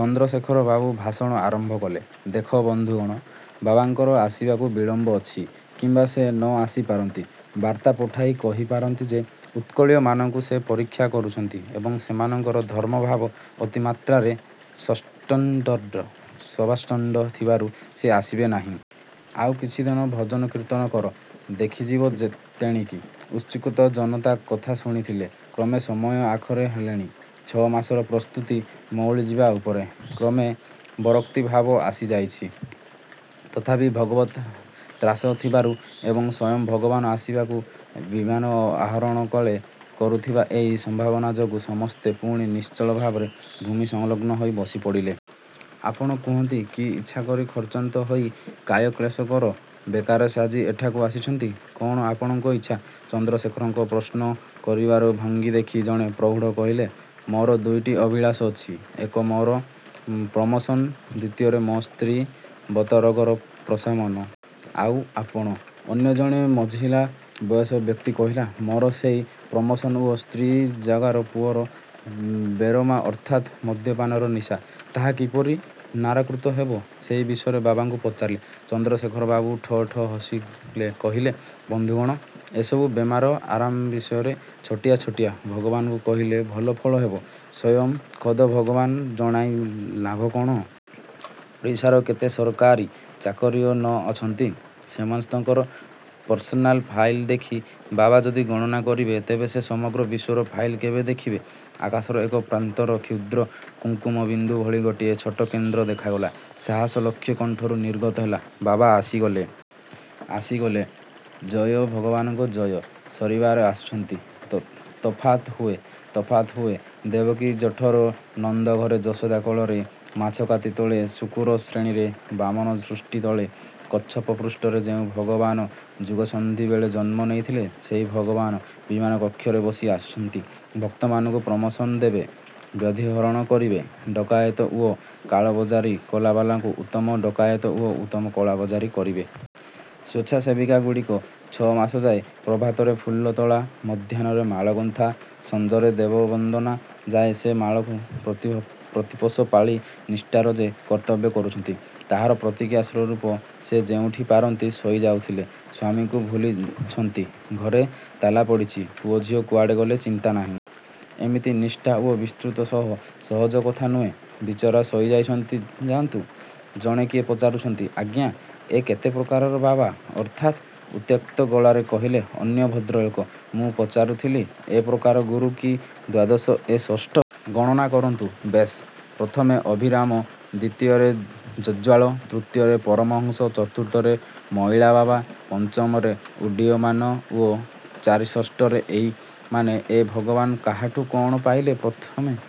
ଚନ୍ଦ୍ରଶେଖର ବାବୁ ଭାଷଣ ଆରମ୍ଭ କଲେ… ଦେଖ ବନ୍ଧୁଗଣ, ବାବାଙ୍କର ଆସିବାକୁ ବିଳମ୍ବ ଅଛି, କିମ୍ବା ସେ ନ ଆସି ପାରନ୍ତି। ବାର୍ତ୍ତା ପଠାଇ କହିପାରନ୍ତି ଯେ ଉତ୍କଳୀୟମାନଙ୍କୁ ସେ ପରୀକ୍ଷା କରୁଥିଲେ ଏବଂ ସେମାନଙ୍କର ଧର୍ମଭାବ ଅତିମାତ୍ରାରେ ସବ୍ଷ୍ଟାଣ୍ଡାର୍ଡ଼ ଥିବାରୁ ସେ ଆସିବେ ନାହଁ। ଆଉ କିଛିଦନ ଭଜନ କୀର୍ତ୍ତନ କର; ଦେଖାଯିବ ତେଣିକି। ଉତ୍ସୁକ ଜନତା କଥା ଶୁଣୁଥିଲେ। କ୍ରମେ ସମୟ ଆଖର ହେଲାଣି। ଛଅମାସର ପ୍ରସ୍ତୁତି ମଉଳିଯିବା ଉପରେ। କ୍ରମେ ବରକ୍ତିଭାବ ଆସିଯାଇଛି; ତଥାପି ଭଗବଦ୍ ତ୍ରାସ ଥିବାରୁ ଏବଂ ସ୍ଵୟଂ ଭଗବାନ ଆସିବାକୁ ବିମାନ ଆରୋହଣ କାଳେ କରୁଥିବେ ଏଇ ସମ୍ଭାବନା ଯୋଗୁ ସମସ୍ତେ ପୁଣି ନିଶ୍ଚଳ ଭାବରେ ଭୂମି ସଂଲଗ୍ନ ହୋଇ ବସିପଡ଼ିଲେ। -ଆପଣମାନେ କୁହନ୍ତୁ, କି ଇଚ୍ଛା କରି ଖର୍ଚ୍ଚାନ୍ତ ହୋଇ କାୟା କ୍ଳେଶ କର, ବେକାର ସାଜି ଏଠାକୁ ଆସିଛନ୍ତି; କଅଣ ଆପଣଙ୍କର ଇଚ୍ଛା? ଚନ୍ଦ୍ରଶେଖରଙ୍କର ପ୍ରଶ୍ନ କରିବାର ଭଙ୍ଗୀ ଦେଖି ଜଣେ ପ୍ରୌଢ଼ କହିଲେ–ମୋର ଦୁଇଟି ଅଭିଳାଷ ଅଛି। ଏକ ମୋର ପ୍ରମୋଶନ, ଦୁଇରେ ମୋ ସ୍ତ୍ରୀର ବାତରୋଗର ପ୍ରଶମନ। ଆଉ ଆପଣ! ଅନ୍ୟ ଜଣେ ମଝିଲା ବୟସର ବ୍ୟକ୍ତି କହିଲେ- ମୋର ସେହି ପ୍ରମୋଶନ ଓ ସ୍ତ୍ରୀଙ୍କ ଜାଗାରେ ପୁଅର ବେରାମ ଅର୍ଥାତ୍ ମଦ୍ୟପାନର ନିଶା, ତାହା କିପରି ନରାକୃତ ହେବ–ସେହି ବିଷୟରେ ବାବାଙ୍କୁ ପଚାରିବି। ଚନ୍ଦ୍ରଶେଖର ବାବୁ ଠୋ ଠୋ ହସିଲେ–କହିଲେ, ବନ୍ଧୁଗଣ! ଏସବୁ ବେରାମ ଆରାମ ବିଷୟରେ ଛୋଟିଆ ଛୋଟିଆ ଭଗବାନଙ୍କୁ କହିଲେ ଭଲ ଫଳ ହେବ; ସ୍ଵୟଂ ଖୋଦ ଭଗବାନଙ୍କୁ ଜଣାଇ ଲାଭ କଅଣ? ଓଡ଼ିଶାରେ କେତେ ସରକାରୀ ଚାକରିଆ ନ ଅଛନ୍ତି। ସମସ୍ତଙ୍କର ପର୍ସନାଲ ଫାଇଲ ଦେଖି ବାବା ଯଦି ଗଣନା କରିବେ ତେବେ ସେ ସମଗ୍ର ବିଶ୍ଵର ଫାଇଲ କେବେ ଦେଖିବେ? ଆକାଶର ଏକ ପ୍ରାନ୍ତରେ କ୍ଷୁଦ୍ର କୁଙ୍କୁମ ବିନ୍ଦୁ ଭଳି ଗୋଟାଏ ଛୋଟ କେନ୍ଦ୍ର ଦେଖାଗଲା। ସହସା ଲକ୍ଷ କଣ୍ଠରୁ ନିର୍ଗତ ହେଲା–ବାବା ଆସିଗଲେ... ଆସିଗଲେ, ଜୟ ଭଗବାନଙ୍କୁ ଜୟ... ସବାରିରେ ଆସୁଛନ୍ତି... ତଫାତ୍ ହୁଅ, ତଫାତ୍ ହୁଅ.. ଦେବକୀ ଜଠରେ, ନନ୍ଦ ଘରେ, ଯଶୋଦା କୋଳରେ, ମାଛକାତି ତଳେ, ଶୂକର ଶ୍ରୋଣୀରେ, ବାମନ ଯଷ୍ଟି ତଳେ, କଚ୍ଛପ ପୃଷ୍ଠରେ ଯେଉଁ ଭଗବାନ ଯୁଗସନ୍ଧି ବେଳେ ଜନ୍ମ ନେଇଥିଲେ, ସେହି ଭଗବାନ ବିମାନ କକ୍ଷରେ ବସି ଆସୁଛନ୍ତି–ଭକ୍ତମାନଙ୍କୁ ପ୍ରମୋଶନ ଦେବେ, ବ୍ୟାଧି ହରଣ କରିବେ, ଡକାଏତି ଓ କଳାବଜାରୀ କଲାବାଲାଙ୍କୁ ଉତ୍ତମ ଡକାଏତ ଓ ଉତ୍ତମ କଳାବଜାରି କରିବେ। ସ୍ଵେଚ୍ଛାସେବିକା ଗୁଡ଼ିକ ଛଅମାସଯାକ ପ୍ରଭାତରେ ଫୁଲ ତୋଳି, ମଧ୍ୟାହ୍ନରେ ମାଳା ଗୁନ୍ଥି, ସଞ୍ଜରେ ଦେବ ବନ୍ଦନା ଯାଏ ସେ ମାଳାକୁ ପ୍ରତିପୋଷି ପାଳି ନିଷ୍ଠାରେ ଯେ କର୍ତ୍ତବ୍ୟ କରୁଥିଲେ, ତାହାର ପ୍ରତିକ୍ରିୟା ସ୍ଵରୂପ ଯେ ଯେଉଁଠି ପାରିଲା ଶୋଇଯାଇଥିଲେ। ସ୍ଵାମୀଙ୍କୁ ଭୁଲିଛନ୍ତି, ଘରରେ ତାଲା ପଡ଼ିଛି, ପୁଅ ଝିଅ କେଉଁଆଡ଼େ ଗଲେ, ଚିନ୍ତା ନାହିଁ। ଏମିତ ନିଷ୍ଠା ଓ ବିସ୍ମୃତି ତ ସହଜ କଥା ନୁହେଁ? ବିଚାରା ଶୋଇଯାଇଛନ୍ତି; ଯାଆନ୍ତୁ। ଜଣେ କିଏ ପଚାରୁଛନ୍ତି…. ଆଜ୍ଞା, ଏ କେତେ ପ୍ରକରଣର ବାବା? ଅର୍ଥାତ୍ ଉତ୍ତ୍ୟକ୍ତ ଗଳାରେ କହିଲେ ଅନ୍ୟ ଭଦ୍ରଲୋକ। ମୁଁ ପଚାରୁଥିଲି-ଏ ପ୍ରଥମ ଗୁରୁ କି ଦ୍ଵାଦଶ? -ଏ ଷଷ୍ଠ…. -ଗଣନା କରନ୍ତୁ.. -ବେଶ୍… ପ୍ରଥମେ ଅଭିରାମ, ଦ୍ୱିତୀୟରେ ଜଳୌକା, ତୃତୀୟରେ ପରମହଂସ, ଚତୁର୍ଥରେ ମଇଳା ବାବା, ପଞ୍ଚମରେ ଉଡ୍ଡୀୟମାନ ଓ ଚାରି ଷଷ୍ଠରେ ଏଇ…. ମାନେ ଏଇ ଭଗବାନ… -କାହାଠୁ କଅଣ ପାଇଲେ? -ପ୍ରଥମ